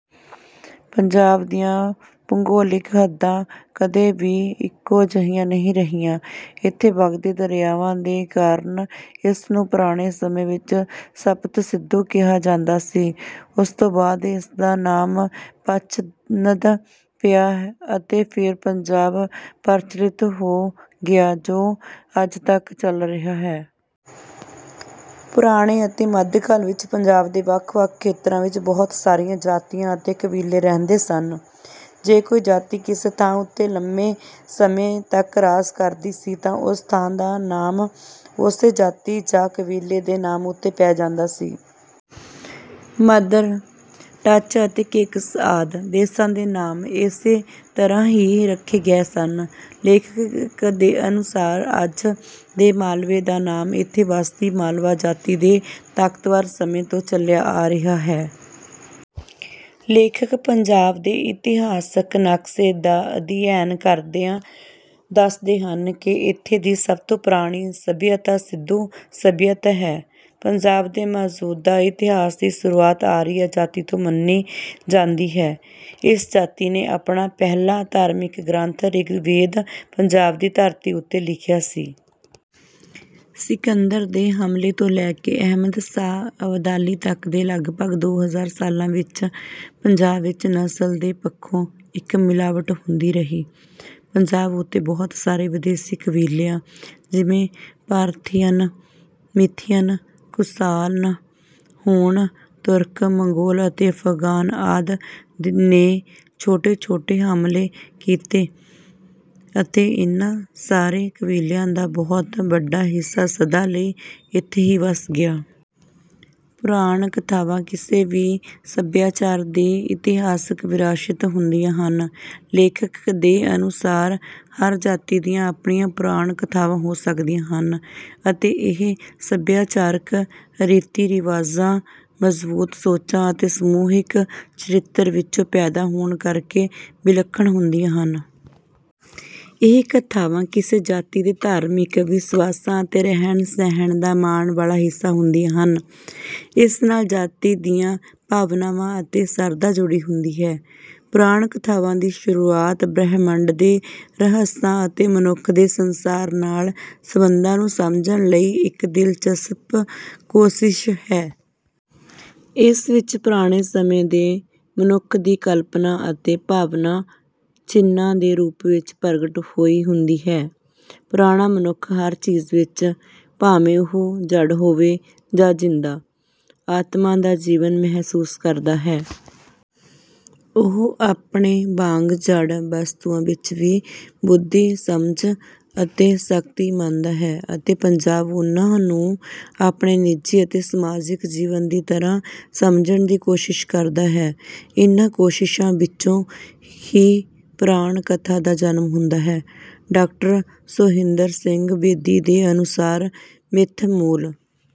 ਪੰਜਾਬ ਦੀਆਂ ਭੂਗੋਲਿਕ ਹੱਦਾਂ ਕਦੇ ਵੀ ਇੱਕੋ ਜਿਹੀਆਂ ਨਹੀਂ ਰਹੀਆਂ। ਇੱਥੇ ਵਗਦੇ ਦਰਿਆਵਾਂ ਦੇ ਕਾਰਨ ਇਸ ਨੂੰ ਪੁਰਾਣੇ ਸਮੇਂ ਵਿੱਚ ਸਪਤ ਸਿੰਧੂ ਕਿਹਾ ਜਾਂਦਾ ਸੀ, ਉਸ ਤੋਂ ਬਾਅਦ ਇਸ ਦਾ ਨਾਮ ਪੰਚਨਦ ਪਿਆ ਅਤੇ ਫਿਰ ਪੰਜਾਬ ਪ੍ਰਚਲਿਤ ਹੋ ਗਿਆ ਜੋ ਅੱਜ ਤੱਕ ਚੱਲ ਰਿਹਾ ਹੈ। ਪੁਰਾਣੇ ਅਤੇ ਮੱਧਕਾਲ ਵਿੱਚ ਪੰਜਾਬ ਦੇ ਵੱਖ-ਵੱਖ ਖੇਤਰਾਂ ਵਿੱਚ ਬਹੁਤ ਸਾਰੀਆਂ ਜਾਤੀਆਂ ਅਤੇ ਕਬੀਲੇ ਰਹਿੰਦੇ ਸਨ। ਜੇ ਕੋਈ ਜਾਤੀ ਕਿਸੇ ਥਾਂ ਉੱਤੇ ਲੰਬੇ ਸਮੇਂ ਤੱਕ ਰਾਜ ਕਰਦੀ ਸੀ ਤਾਂ ਉਸ ਥਾਂ ਦਾ ਨਾਮ ਉਸੇ ਜਾਤੀ ਜਾਂ ਕਬੀਲੇ ਦੇ ਨਾਮ ਉੱਤੇ ਪੈ ਜਾਂਦਾ ਸੀ। ਮਦਰ, ਟੱਕ ਅਤੇ ਕੇਕਯ ਆਦਿ ਦੇਸ਼ਾਂ ਦੇ ਨਾਮ ਇਸੇ ਤਰ੍ਹਾਂ ਹੀ ਰੱਖੇ ਗਏ ਸਨ। ਲੇਖਕ ਦੇ ਅਨੁਸਾਰ, ਅੱਜ ਦੇ ਮਾਲਵੇ ਦਾ ਨਾਮ ਇੱਥੇ ਵਸਦੀ ਮਾਲਵਾ ਜਾਤੀ ਦੇ ਤਾਕਤਵਰ ਸਮੇਂ ਤੋਂ ਚੱਲਿਆ ਆ ਰਿਹਾ ਹੈ। ਲੇਖਕ ਪੰਜਾਬ ਦੇ ਇਤਿਹਾਸਕ ਨਕਸ਼ੇ ਦਾ ਅਧਿਐਨ ਕਰਦਿਆਂ ਦੱਸਦੇ ਹਨ ਕਿ ਇੱਥੇ ਦੀ ਸਭ ਤੋਂ ਪੁਰਾਣੀ ਸੱਭਿਅਤਾ ਸਿੰਧੂ ਸੱਭਿਅਤਾ ਹੈ। ਪੰਜਾਬ ਦੇ ਮੌਜੂਦਾ ਇਤਿਹਾਸ ਦੀ ਸ਼ੁਰੂਆਤ ਆਰੀਆ ਜਾਤੀ ਤੋਂ ਮੰਨੀ ਜਾਂਦੀ ਹੈ। ਇਸ ਜਾਤੀ ਨੇ ਆਪਣਾ ਪਹਿਲਾ ਧਾਰਮਿਕ ਗ੍ਰੰਥ ਰਿਗਵੇਦ ਪੰਜਾਬ ਦੀ ਧਰਤੀ ਉੱਤੇ ਲਿਖਿਆ ਸੀ। ਸਿਕੰਦਰ ਦੇ ਹਮਲੇ ਤੋਂ ਲੈ ਕੇ ਅਹਿਮਦ ਸ਼ਾਹ ਅਬਦਾਲੀ ਤੱਕ ਦੇ ਲਗਭਗ ਦੋ ਹਜ਼ਾਰ ਸਾਲਾਂ ਵਿੱਚ ਪੰਜਾਬ ਵਿੱਚ ਨਸਲ ਦੇ ਪੱਖੋਂ ਇੱਕ ਮਿਲਾਵਟ ਹੁੰਦੀ ਰਹੀ। ਪੰਜਾਬ ਉੱਤੇ ਬਹੁਤ ਸਾਰੇ ਵਿਦੇਸ਼ੀ ਕਬੀਲਿਆਂ ਜਿਵੇਂ ਪਾਰਥੀਅਨ, ਸਿਥੀਅਨ, ਕੁਸ਼ਾਨ, ਹੂਣ, ਤੁਰਕ, ਮੰਗੋਲ ਅਤੇ ਅਫਗਾਨ ਆਦਿ ਨੇ ਛੋਟੇ-ਛੋਟੇ ਹਮਲੇ ਕੀਤੇ ਅਤੇ ਇਨ੍ਹਾਂ ਸਾਰੇ ਕਬੀਲਿਆਂ ਦਾ ਬਹੁਤ ਵੱਡਾ ਹਿੱਸਾ ਸਦਾ ਲਈ ਇੱਥੇ ਹੀ ਵਸ ਗਿਆ। ਪੁਰਾਣ ਕਥਾਵਾਂ ਕਿਸੇ ਵੀ ਸੱਭਿਆਚਾਰ ਦੀ ਇਤਿਹਾਸਕ ਵਿਰਾਸਤ ਹੁੰਦੀਆਂ ਹਨ। ਲੇਖਕ ਦੇ ਅਨੁਸਾਰ ਹਰ ਜਾਤੀ ਦੀਆਂ ਆਪਣੀਆਂ ਪੁਰਾਣ ਕਥਾਵਾਂ ਹੋ ਸਕਦੀਆਂ ਹਨ ਅਤੇ ਇਹ ਸੱਭਿਆਚਾਰਕ ਰੀਤੀ-ਰਿਵਾਜਾਂ, ਮਜ਼ਬੂਤ ਸੋਚਾਂ ਅਤੇ ਸਮੂਹਿਕ ਚਰਿੱਤਰ ਵਿੱਚੋਂ ਪੈਦਾ ਹੋਣ ਕਰਕੇ ਵਿਲੱਖਣ ਹੁੰਦੀਆਂ ਹਨ। ਇਹ ਕਥਾਵਾਂ ਕਿਸੇ ਜਾਤੀ ਦੇ ਧਾਰਮਿਕ ਵਿਸ਼ਵਾਸਾਂ ਅਤੇ ਰਹਿਣ-ਸਹਿਣ ਦਾ ਮਾਣ ਵਾਲਾ ਹਿੱਸਾ ਹੁੰਦੀਆਂ ਹਨ। ਇਸ ਨਾਲ ਜਾਤੀ ਦੀਆਂ ਭਾਵਨਾਵਾਂ ਅਤੇ ਸ਼ਰਧਾ ਜੁੜੀ ਹੁੰਦੀ ਹੈ। ਪੁਰਾਣ ਕਥਾਵਾਂ ਦੀ ਸ਼ੁਰੂਆਤ ਬ੍ਰਹਿਮੰਡ ਦੇ ਰਹੱਸਾਂ ਅਤੇ ਮਨੁੱਖ ਦੇ ਸੰਸਾਰ ਨਾਲ ਸਬੰਧਾਂ ਨੂੰ ਸਮਝਣ ਲਈ ਇੱਕ ਦਿਲਚਸਪ ਕੋਸ਼ਿਸ਼ ਹੈ। ਇਸ ਵਿੱਚ ਪੁਰਾਣੇ ਸਮੇਂ ਦੇ ਮਨੁੱਖ ਦੀ ਕਲਪਨਾ ਅਤੇ ਭਾਵਨਾ, ਚਿੰਨ੍ਹਾਂ ਦੇ ਰੂਪ ਵਿੱਚ ਪ੍ਰਗਟ ਹੋਈ ਹੁੰਦੀ ਹੈ। ਪੁਰਾਣਾ ਮਨੁੱਖ ਹਰ ਚੀਜ਼ ਵਿੱਚ, ਭਾਵੇਂ ਉਹ ਜੜ੍ਹ ਹੋਵੇ ਜਾਂ ਜਿੰਦਾ, ਆਤਮਾ ਜਾਂ ਜੀਵਨ ਮਹਿਸੂਸ ਕਰਦਾ ਹੈ। ਉਹ ਆਪਣੇ ਵਾਂਗ ਜੜ੍ਹ ਵਸਤੂਆਂ ਵਿੱਚ ਵੀ ਬੁੱਧੀ, ਸਮਝ ਅਤੇ ਸ਼ਕਤੀ ਮੰਨਦਾ ਹੈ ਅਤੇ ਪੰਜਾਬ ਉਨ੍ਹਾਂ ਨੂੰ ਆਪਣੇ ਨਿੱਜੀ ਅਤੇ ਸਮਾਜਿਕ ਜੀਵਨ ਦੀ ਤਰ੍ਹਾਂ ਸਮਝਣ ਦੀ ਕੋਸ਼ਿਸ਼ ਕਰਦਾ ਹੈ। ਇਨ੍ਹਾਂ ਕੋਸ਼ਿਸ਼ਾਂ ਵਿੱਚੋਂ ਹੀ ਪੁਰਾਣ ਕਥਾ ਦਾ ਜਨਮ ਹੁੰਦਾ ਹੈ। ਡਾਕਟਰ ਸੋਹਿੰਦਰ ਸਿੰਘ ਬੇਦੀ ਦੇ ਅਨੁਸਾਰ ਮਿੱਥ ਮੂਲ